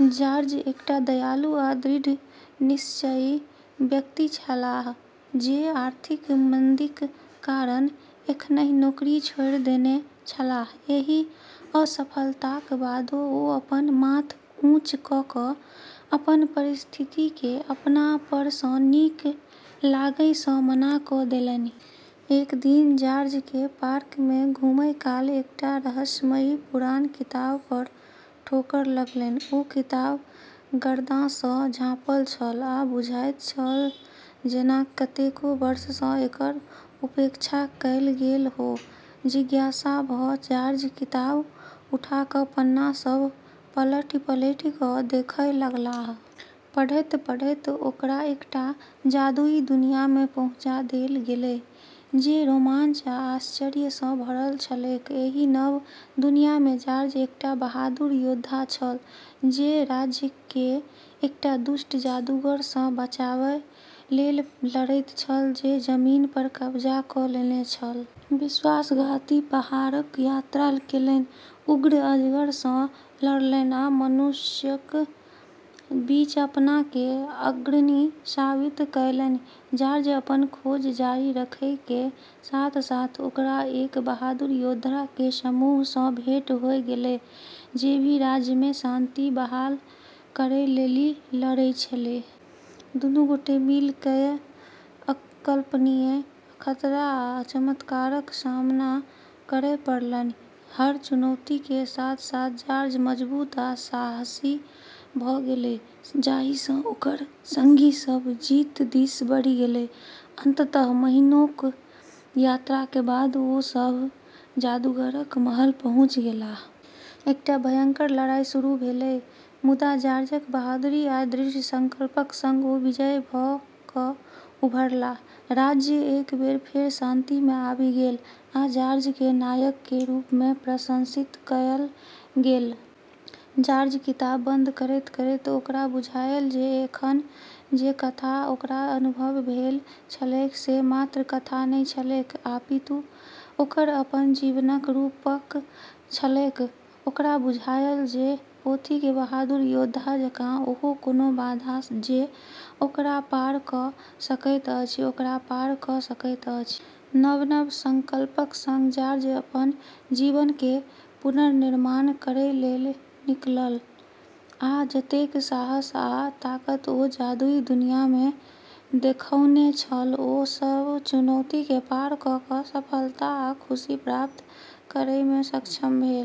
George एकटा दयालु आ दृढ़ निश्चयी व्यक्ति छलाह जे आर्थिक मंदीक कारण एखनहि नौकरी छोड़ि देने छलाह। एहि असफलताक बादो ओ अपन माथ ऊँच क' क' अपन परिस्थितिकेँ अपना पर सँ नीक लागय सँ मना क' देलनि। एक दिन जॉर्जकेँ पार्क मे घुमय काल एकटा रहस्यमयी पुरान किताब पर ठोकर लगलनि। ओ किताब गर्दासँ झाँपल छल, आ बुझाइत छल जेना कतेको वर्षसँ एकर उपेक्षा कयल गेल हो। जिज्ञासा भ' जॉर्ज किताब उठा क' पन्ना सभ पलटि-पलटि क' देखय लगलाह। पढ़ैत-पढ़ैत ओकरा एकटा जादुई दुनिया में पहुँचा देल गेलै, जे रोमांच आ आश्चर्य सँ भरल छलैक। एहि नव दुनिया में जॉर्ज एकटा बहादुर योद्धा छल, जे राज्य केँ एकटा दुष्ट जादूगर सँ बचाबय लेल लड़ैत छल जे जमीन पर कब्जा क' लेने छल। विश्वासघाती पहाड़क यात्रा केलनि, उग्र अजगर सँ लड़लनि आ मनुष्यक बीच अपना केँ अग्रणी साबित कयलनि। जॉर्ज अपनऽ खोज जारी रखै के साथ-साथ ओकरा एक बहादुर योद्धा के समूह सँ भेंट होय गेलै जे भी राज्य में शांति बहाल करै लेली लड़ै छेलै। दुनू गोटे मिलिकय अकल्पनीय खतरा आ चमत्कारक सामना करय पड़लनि। हर चुनौती के साथ-साथ जॉर्ज मजबूत आ साहसी भ' गेलै, जाहिसँ ओकर संगी सभ जीत दिस बढ़ि गेलै। अंततः महीनोक यात्राक बाद ओ सभ जादूगरक महल पहुँचि गेलाह। एकटा भयंकर लड़ाई शुरू भेलै, मुदा जॉर्जक बहादुरी आ दृढ़ संकल्पक संग ओ विजयी भ' क' उभरलाह। राज्य एक बेर फेर शांति में आबि गेल, आ जॉर्ज के नायक के रूप में प्रशंसित कयल गेल। जॉर्ज किताब बंद करैत-करैत ओकरा बुझायल जे एखन जे कथा ओकरा अनुभव भेल छलैक से मात्र कथा नहि छलैक, अपितु ओकर अपन जीवनक रूपक छलैक। ओकरा बुझायल जे पोथीक बहादुर योद्धा जकाँ ओहो कोनो बाधा जे ओकरा पार क' सकैत अछि, ओकरा पार क' सकैत अछि। नव-नव संकल्पक संग जॉर्ज अपन जीवन के पुनर्निर्माण करै लेल निकलल, आ जतेक साहस आ ताकत ओ जादुई दुनिया में देखउने छल, ओ सब चुनौती के पार क' क' सफलता आ खुशी प्राप्त करयमे सक्षम भेल।